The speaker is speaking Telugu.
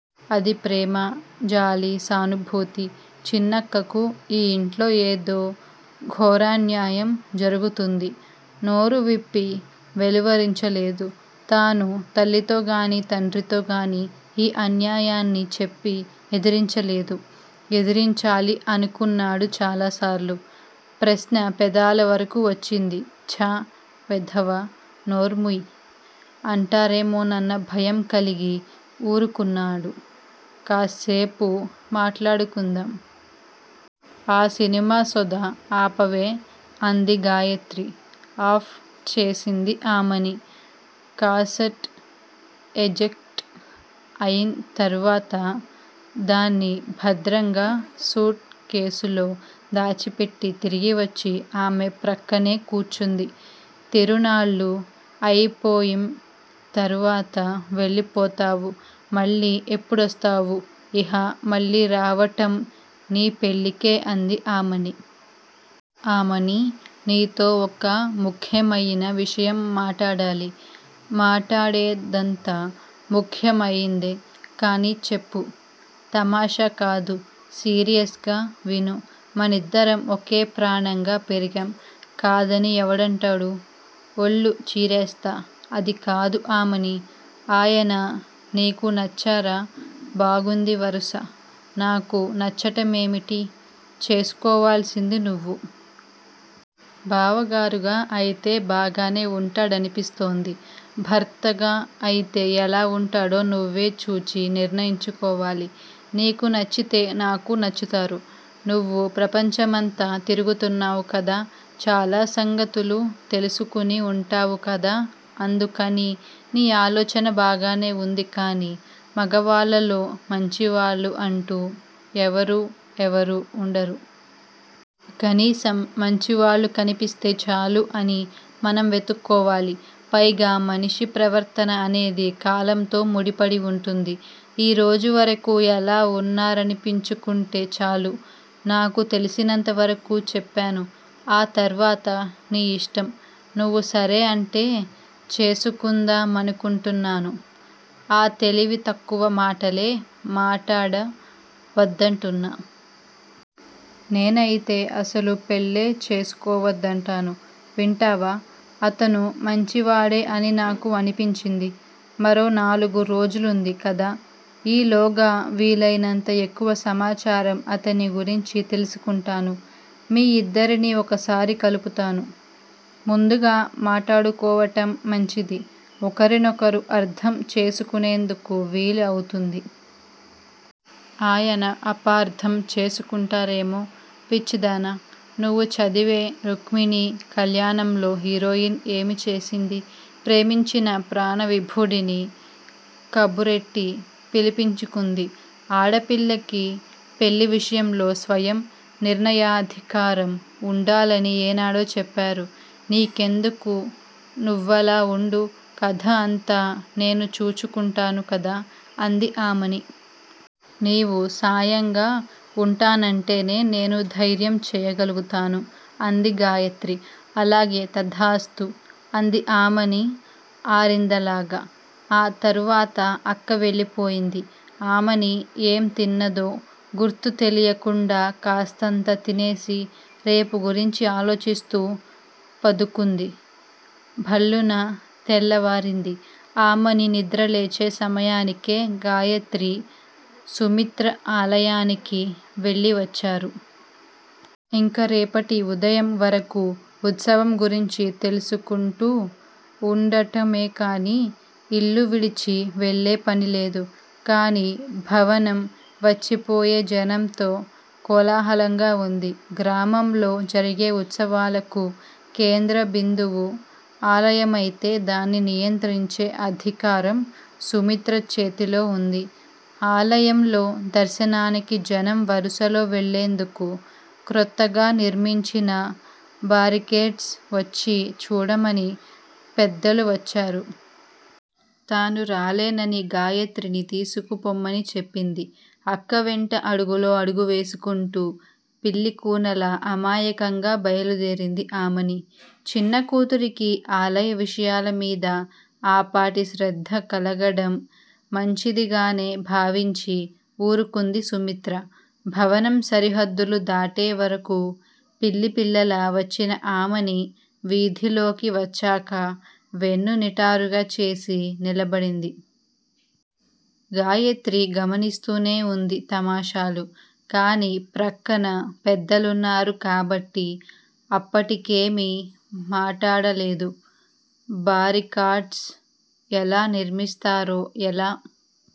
అది ప్రేమ, జాలి, సానుభూతి చిన్నక్కకు ఈ ఇంట్లో ఏదో ఘోరాన్యాయం జరుగుతుంది. నోరువిప్పి వెలువరించలేదు. తాను తల్లితోగానీ, తండ్రితోగానీ ఈ అన్యాయాన్ని చెప్పి ఎదిరించలేడు. ఎదిరించాలి అనుకున్నాడు చాలాసార్లు. ప్రశ్న పెదాలవరకూ వచ్చింది. ఛా! వెధవా, నోర్ముయ్ అంటారేమోనన్న భయంకలిగి ఊరుకున్నాడు. కాస్సేపు మాట్లాడుకుందాం. ఆ సినిమా సొద ఆపవే! అంది గాయత్రి. ఆఫ్ చేసింది ఆమని. కాసట్ ఎజెక్ట్ అయిం తరువాత దాన్ని భద్రంగా సూట్ కేస్ లో దాచిపెట్టి తిరిగి వచ్చి ఆమె ప్రక్కనే కూర్చుంది. తిరునాళ్ళు అయిపోయిం తరువాత వెళ్ళిపోతావు. మళ్ళీ ఎప్పుడొస్తావు? ఇహ మళ్ళీ రావటం నీ పెళ్ళికే అంది ఆమని. ఆమనీ! నీతో ఒక ముఖ్యమయిన విషయం మాటాడాలి! మాటాడేదంతా ముఖ్యమయిందే కాని చెప్పు! తమాషా కాదు. సీరియస్ గా విను! మనిద్దరం ఒకే ప్రాణంగా పెరిగాం. కాదని ఎవడంటాడు. ఒళ్ళు చీరేస్తా! అదికాదు ఆమనీ! ఆయన నీకు నచ్చారా? బాగుంది వరుస! నాకు నచ్చటమేమిటి? చేసుకోవాల్సింది నువ్వు! బావగారుగా అయితే బాగానే ఉంటాడనిపిస్తోంది. భర్తగా అయితే ఎలా వుంటాడో నువ్వే చూచి నిర్ణయించుకోవాలి. నీకు నచ్చితే నాకూ నచ్చుతారు. నువ్వు ప్రపంచమంతా తిరుగుతున్నావు కదా! చాలా సంగతులు తెలుసుకుని ఉంటావు కదా అందుకని! నీ ఆలోచన బాగానే ఉంది కాని మగవాళ్ళలో మంచివాళ్ళు అంటూ ఎవరూ ఎవరూ ఉండరు. కనీసం మంచివాళ్ళు కనిపిస్తే చాలు అని మనం వెతుక్కోవాలి. పైగా మనిషి ప్రవర్తన అనేది కాలంతో ముడిపడి వుంటుంది. ఈరోజు వరకు ఎలా ఉన్నారనిపించుకుంటే చాలు?! నాకు తెలిసినంత వరకు చెప్పాను. ఆ తర్వాత నీ యిష్టం. నువ్వు సరే అంటే చేసుకుందామనుకుంటున్నాను. ఆ తెలివి తక్కువ మాటలే మాటాడ వద్దంటున్నా! నేనయితే అసలు పెళ్ళే చేసుకోవద్దంటాను వింటావా! అతను మంచివాడే అని నాకు అనిపించింది. మరో నాలుగు రోజులుంది కదా! ఈలోగా వీలయినంత ఎక్కువ సమాచారం అతన్ని గురించి తెలుసుకుంటాను. మీ ఇద్దరిని ఒకసారి కలుపుతాను. ముందుగా మాటాడుకోవటం మంచిది. ఒకరి నొకరు అర్ధం చేసుకునేందుకు వీలు అవుతుంది. ఆయన అపార్ధం చేసుకుంటారేమో! పిచ్చిదానా! నువ్వు చదివే రుక్మిణీ కళ్యాణంలో హీరోయిన్ ఏమి చేసింది. ప్రేమించిన ప్రాణవిభుడిని కబురెట్టి పిలిపించుకుంది. ఆడపిల్లకి పెళ్ళి విషయంలో స్వయం నిర్ణయాధికారం ఉండాలని ఏనాడో చెప్పారు. నీకెందుకు నువ్వలా ఉండు. కధ అంతా నేను చూచుకుంటాను కదా? అంది ఆమని. నీవు సాయంగా ఉంటానంటేనే నేను ధైర్యం చేయగలుగుతాను అంది గాయత్రి. అలాగే తధాస్తు అంది ఆమని ఆరిందలాగ! ఆ తరువాత అక్క వెళ్ళిపోయింది. ఆమని ఏం తిన్నదో గుర్తు తెలియకుండా కాస్తంత తినేసి రేపు గురించి ఆలోచిస్తూ పదుకుంది! భళ్ళున తెల్లవారింది! ఆమని నిద్రలేచే సమయానికే గాయత్రి, సుమిత్ర ఆలయానికి వెళ్ళివచ్చారు. ఇంక రేపటి ఉదయం వరకూ ఉత్సవం గురించి తెలుసుకుంటూ ఉండటమేకాని ఇల్లు విడిచి వెళ్ళే పనిలేదు. కాని భవనం వచ్చిపోయే జనంతో కోలాహలంగా ఉంది. గ్రామంలో జరిగే ఉత్సవాలకు కేంద్ర బిందువు ఆలయమైతే దాన్ని నియంత్రించే అధికారం సుమిత్ర చేతిలో ఉంది! ఆలయంలో దర్శనానికి జనం వరుసలో వెళ్ళేందుకు క్రొత్తగా నిర్మించిన బారికేడ్స్ వచ్చి చూడమని పెద్దలు వచ్చారు. తాను రాలేనని గాయత్రిని తీసుకుపొమ్మని చెప్పింది! అక్క వెంట అడుగులో అడుగువేసుకుంటూ పిల్లికూనలా అమాయకంగా బయలుదేరింది ఆమని! చిన్న కూతురికి ఆలయ విషయాల మీద ఆపాటి శ్రద్ధ కలగడం మంచిదిగానే భావించి ఊరుకుంది సుమిత్ర. భవనం సరిహద్దులు దాటే వరకూ పిల్లిపిల్లలా వచ్చిన ఆమని వీధిలోకి వచ్చాక వెన్ను నిటారుగా చేసి నిలబడింది. గాయత్రి గమనిస్తూనే ఉంది తమాషాలు. కాని ప్రక్కన పెద్దలున్నారు కాబట్టి అప్పటికేమీ మాటాడలేదు. బారికాడ్స్ ఎలా నిర్మిస్తారో ఎలా